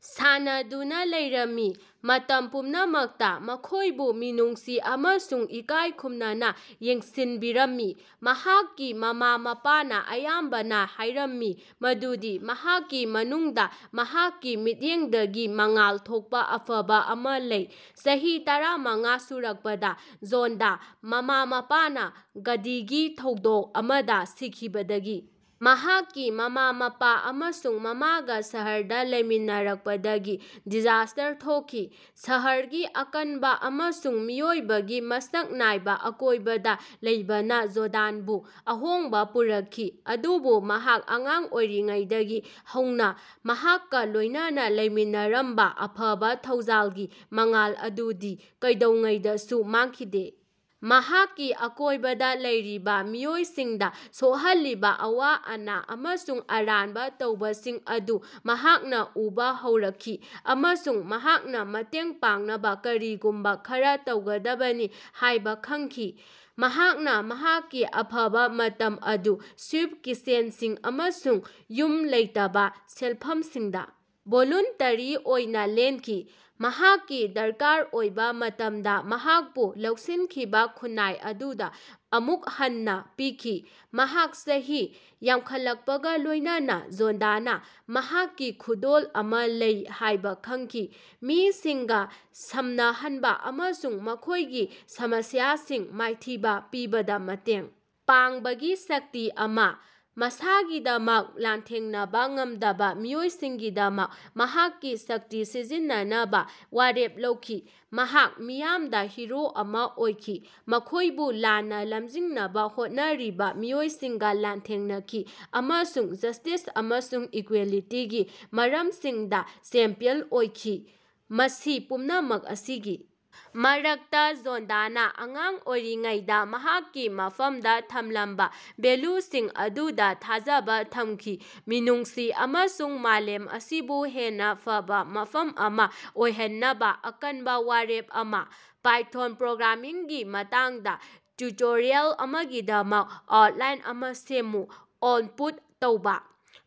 ꯁꯥꯟꯅꯗꯨꯅ ꯂꯩꯔꯝꯃꯤ, ꯃꯇꯝ ꯄꯨꯝꯅꯃꯛꯇ ꯃꯈꯣꯏꯕꯨ ꯃꯤꯅꯨꯡꯁꯤ ꯑꯃꯁꯨꯡ ꯏꯀꯥꯏ ꯈꯨꯝꯅꯅꯥ ꯌꯦꯡꯁꯤꯅꯕꯤꯔꯝꯃꯤ꯫ ꯃꯍꯥꯛꯀꯤ ꯃꯃꯥ-ꯃꯄꯥꯅꯥ ꯑꯌꯥꯝꯕꯅꯥ ꯍꯥꯏꯔꯝꯃꯤ ꯃꯗꯨꯗꯤ ꯃꯍꯥꯛꯀꯤ ꯃꯅꯨꯡꯗꯥ ꯃꯍꯥꯛꯀꯤ ꯃꯤꯠꯌꯦꯡꯗꯒꯤ ꯃꯉꯥꯜ ꯊꯣꯛꯄꯥ ꯑꯐꯕꯥ ꯑꯃꯥ ꯂꯩ꯫ ꯆꯍꯤ ꯇꯔꯥꯃꯉꯥ ꯁꯨꯔꯛꯄꯗ ꯖꯣꯟꯗꯥ ꯃꯃꯥ-ꯃꯄꯥꯅ ꯒꯥꯗꯤꯒꯤ ꯊꯧꯗꯣꯛ ꯑꯃꯗ ꯁꯤꯈꯤꯕꯗꯒꯤ ꯃꯍꯥꯛꯀꯤ ꯃꯃꯥ-ꯃꯄꯥ ꯑꯃꯁꯨꯡ ꯃꯃꯥꯒꯥ ꯁꯍꯔꯗꯥ ꯂꯩꯃꯤꯟꯅꯔꯛꯄꯗꯒꯤ ꯗꯤꯖꯥꯁ꯭ꯇꯔ ꯊꯣꯛꯈꯤ꯫ ꯁꯍꯔꯒꯤ ꯑꯀꯟꯕꯥ ꯑꯃꯁꯨꯡ ꯃꯤꯑꯣꯏꯕꯒꯤ ꯃꯁꯛ ꯅꯥꯏꯕ ꯑꯀꯣꯏꯕꯗ ꯂꯩꯕꯅꯥ ꯖ‌ꯣꯗꯥꯟꯕꯨ ꯑꯍꯣꯡꯕꯥ ꯄꯨꯔꯛꯈꯤ, ꯑꯗꯨꯕꯨ ꯃꯍꯥꯛ ꯑꯉꯥꯡ ꯑꯣꯏꯔꯤꯉꯩꯗꯒꯤ ꯍꯧꯅꯥ ꯃꯍꯥꯛꯀ ꯂꯣꯏꯅꯅꯥ ꯂꯩꯃꯤꯟꯅꯔꯝꯕꯥ ꯑꯐꯕ ꯊꯧꯖꯥꯜꯒꯤ ꯃꯉꯥꯜ ꯑꯗꯨꯗꯤ ꯀꯩꯗꯧꯉꯩꯗꯁꯨ ꯃꯥꯡꯈꯤꯗꯦ꯫ ꯃꯍꯥꯛꯀꯤ ꯑꯀꯣꯏꯕꯗꯥ ꯂꯩꯔꯤꯕꯥ ꯃꯤꯑꯣꯏꯁꯤꯡꯗ ꯁꯣꯛꯍꯜꯂꯤꯕꯥ ꯑꯋꯥ-ꯑꯅꯥ ꯑꯃꯁꯨꯡ ꯑꯔꯥꯟꯕꯥ ꯇꯧꯕꯁꯤꯡ ꯑꯗꯨ ꯃꯍꯥꯛꯅ ꯎꯕꯥ ꯍꯧꯔꯛꯈꯤ ꯑꯃꯁꯨꯡ ꯃꯍꯥꯛꯅꯥ ꯃꯇꯦꯡ ꯄꯥꯡꯅꯕꯥ ꯀꯔꯤꯒꯨꯝꯕꯥ ꯈꯔꯥ ꯇꯧꯒꯗꯕꯅꯤ ꯍꯥꯏꯕ ꯈꯪꯈꯤ꯫ ꯃꯍꯥꯛꯅ ꯃꯍꯥꯛꯀꯤ ꯑꯐꯕꯥ ꯃꯇꯝ ꯑꯗꯨ ꯁ꯭ꯌꯨꯞ ꯀꯤꯆꯦꯟꯁꯤꯡ ꯑꯃꯁꯨꯡ ꯌꯨꯝ ꯂꯩꯇꯕ ꯁꯦꯜꯐꯝꯁꯤꯡꯗꯥ ꯚꯣꯂꯨꯟꯇꯔꯤ ꯑꯣꯏꯅ ꯂꯦꯟꯈꯤ, ꯃꯍꯥꯛꯀꯤ ꯗꯔꯀꯥꯔ ꯑꯣꯏꯕꯥ ꯃꯇꯝꯗ ꯃꯍꯥꯛꯄꯨ ꯂꯧꯁꯤꯟꯈꯤꯕꯥ ꯈꯨꯟꯅꯥꯏ ꯑꯗꯨꯗ ꯑꯃꯨꯛ ꯍꯟꯅꯥ ꯄꯤꯈꯤ꯫ ꯃꯍꯥꯛ ꯆꯍꯤ ꯌꯥꯝꯈꯠꯂꯛꯄꯒꯥ ꯂꯣꯏꯅꯅꯥ ꯖ‌ꯣꯟꯗꯥꯅ ꯃꯍꯥꯛꯀꯤ ꯈꯨꯗꯣꯜ ꯑꯃꯥ ꯂꯩ ꯍꯥꯏꯕ ꯈꯪꯈꯤ ꯃꯤꯁꯤꯡꯒ ꯁꯝꯅꯍꯟꯕ ꯑꯃꯁꯨꯡ ꯃꯈꯣꯏꯒꯤ ꯁꯃꯁ꯭ꯌꯥꯁꯤꯡ ꯃꯥꯏꯊꯤꯕ ꯄꯤꯕꯗ ꯃꯇꯦꯡ ꯄꯥꯡꯕꯒꯤ ꯁꯛꯇꯤ ꯑꯃꯥ꯫ ꯃꯁꯥꯒꯤꯗꯃꯛ ꯂꯥꯟꯊꯦꯡꯅꯕꯥ ꯉꯝꯗꯕꯥ ꯃꯤꯑꯣꯏꯁꯤꯡꯒꯤꯗꯃꯛ ꯃꯍꯥꯛꯀꯤ ꯁꯛꯇꯤ ꯁꯤꯖꯤꯟꯅꯅꯕ ꯋꯥꯔꯦꯞ ꯂꯧꯈꯤ꯫ ꯃꯍꯥꯛ ꯃꯤꯌꯥꯝꯗ ꯍꯤꯔꯣ ꯑꯃꯥ ꯑꯣꯏꯈꯤ, ꯃꯈꯣꯏꯕꯨ ꯂꯥꯟꯅꯥ ꯂꯝꯖꯤꯡꯅꯕꯥ ꯍꯣꯠꯅꯔꯤꯕꯥ ꯃꯤꯑꯣꯏꯁꯤꯡꯒ ꯂꯥꯟꯊꯦꯡꯅꯈꯤ ꯑꯃꯁꯨꯡ ꯖꯁ꯭ꯇꯤꯁ ꯑꯃꯁꯨꯡ ꯏꯀ꯭ꯋ‌ꯦꯂꯤꯇꯤꯒꯤ ꯃꯔꯝꯁꯤꯡꯗ ꯆꯦꯝꯄꯤꯌꯟ ꯑꯣꯏꯈꯤ꯫ ꯃꯁꯤ ꯄꯨꯝꯅꯃꯛ ꯑꯁꯤꯒꯤ ꯃꯔꯛꯇ ꯖ‌ꯣꯟꯗꯥꯅꯥ ꯑꯉꯥꯡ ꯑꯣꯏꯔꯤꯉꯩꯗꯥ ꯃꯍꯥꯛꯀꯤ ꯃꯐꯝꯗ ꯊꯝꯂꯝꯕ ꯚꯦꯜꯂꯨꯁꯤꯡ ꯑꯗꯨꯗ ꯊꯥꯖꯕꯥ ꯊꯝꯈꯤ ꯃꯤꯅꯨꯡꯁꯤ ꯑꯃꯁꯨꯡ ꯃꯥꯂꯦꯝ ꯑꯁꯤꯕꯨ ꯍꯦꯟꯅꯥ ꯐꯕꯥ ꯃꯐꯝ ꯑꯃꯥ ꯑꯣꯏꯍꯟꯅꯕꯥ ꯑꯀꯟꯕ ꯋꯥꯔꯦꯞ ꯑꯃꯥ꯫ ꯄꯥꯏꯊꯣꯟ ꯄ꯭ꯔꯣꯒ꯭ꯔꯥꯃꯤꯡꯒꯤ ꯃꯇꯥꯡꯗꯥ ꯇꯤꯎꯇꯣꯔꯤꯌꯥꯜ ꯑꯃꯒꯤꯗꯃꯛ ꯑꯥꯎꯠꯂꯥꯏꯟ ꯑꯃꯥ ꯁꯦꯝꯃꯨ꯫ ꯑꯣꯏꯟꯄꯨꯠ ꯇꯧꯕꯥ꯫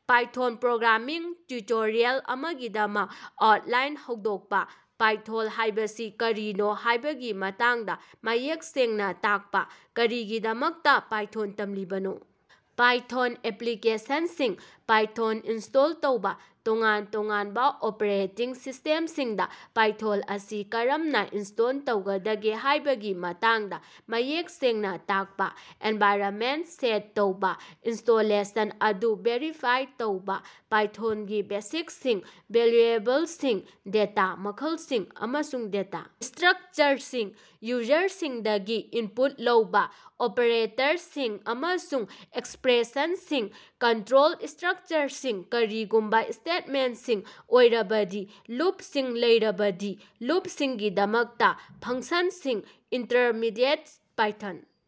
ꯄꯥꯏꯊꯣꯟ ꯄ꯭ꯔꯣꯒ꯭ꯔꯥꯃꯤꯡ ꯇꯤꯎꯇꯣꯔꯤꯌꯥꯜ ꯑꯃꯒꯤꯗꯃꯛ ꯑꯥꯎꯠꯂꯥꯏꯟ ꯍꯧꯗꯣꯛꯄꯥ, ꯄꯥꯏꯊꯣꯜ ꯍꯥꯏꯕꯁꯤ ꯀꯔꯤꯅꯣ ꯍꯥꯏꯕꯒꯤ ꯃꯇꯥꯡꯗ ꯃꯌꯦꯛ ꯁꯦꯡꯅꯥ ꯇꯥꯛꯄꯥ, ꯀꯔꯤꯒꯤꯗꯃꯛꯇꯥ ꯄꯥꯏꯊꯣꯟ ꯇꯝꯂꯤꯕꯅꯣ ꯄꯥꯏꯊꯣꯟ ꯑꯦꯄꯂꯤꯀꯦꯁꯟꯁꯤꯡ꯫ ꯄꯥꯏꯊꯣꯟ ꯏꯟꯁ꯭ꯇꯣꯜ ꯇꯧꯕꯥ ꯇꯣꯉꯥꯟ ꯇꯣꯉꯥꯟꯕ ꯑꯣꯄꯔꯦꯇꯤꯡ ꯁꯤꯁ꯭ꯇꯦꯝꯁꯤꯡꯗ ꯄꯥꯏꯊꯣꯜ ꯑꯁꯤ ꯀꯔꯝꯅ ꯏꯟꯁ꯭ꯇꯣꯟ ꯇꯧꯒꯗꯒꯦ ꯍꯥꯏꯕꯒꯤ ꯃꯇꯥꯡꯗꯥ ꯃꯌꯦꯛ ꯁꯦꯡꯅ ꯇꯥꯛꯄꯥ. ꯑꯦꯟꯚꯥꯏꯔꯅꯃꯦꯟꯇ ꯁꯦꯠ ꯇꯧꯕꯥ, ꯏꯟꯁ꯭ꯇꯣꯂꯦꯁꯟ ꯑꯗꯨ ꯚꯦꯔꯤꯐꯥꯏ ꯇꯧꯕꯥ, ꯄꯥꯏꯊꯣꯟꯒꯤ ꯕꯦꯁꯤꯛꯁꯤꯡ, ꯚꯦꯔꯤꯑꯦꯕꯜꯁꯤꯡ, ꯗꯦꯇꯥ ꯃꯈꯜꯁꯤꯡ, ꯑꯃꯁꯨꯡ ꯗꯦꯇꯥ ꯁ꯭ꯇꯔꯛꯆꯔꯁꯤꯡ, ꯌꯨꯖꯔꯁꯤꯡꯗꯒꯤ ꯏꯟꯄꯨꯠ ꯂꯧꯕꯥ, ꯑꯣꯄꯔꯦꯇꯔꯁꯤꯡ ꯑꯃꯁꯨꯡ ꯑꯦꯛꯁꯄꯔꯦꯁꯟꯁꯤꯡ, ꯀꯟꯇꯔꯣꯜ ꯁ꯭ꯇꯔꯛꯆꯔꯁꯤꯡ ꯀꯔꯤꯒꯨꯝꯕ ꯁ꯭ꯇꯦꯠꯃꯦꯟꯠꯁꯤꯡ ꯑꯣꯏꯔꯕꯗꯤ, ꯂꯨꯞꯁꯤꯡ ꯂꯩꯔꯕꯗꯤ, ꯂꯨꯞꯁꯤꯡꯒꯤꯗꯃꯛꯇ, ꯐꯪꯁꯟꯁꯤꯡ, ꯏꯟꯇꯔꯃꯤꯗꯤꯌꯦꯠ ꯄꯥꯏꯊꯣꯟ꯫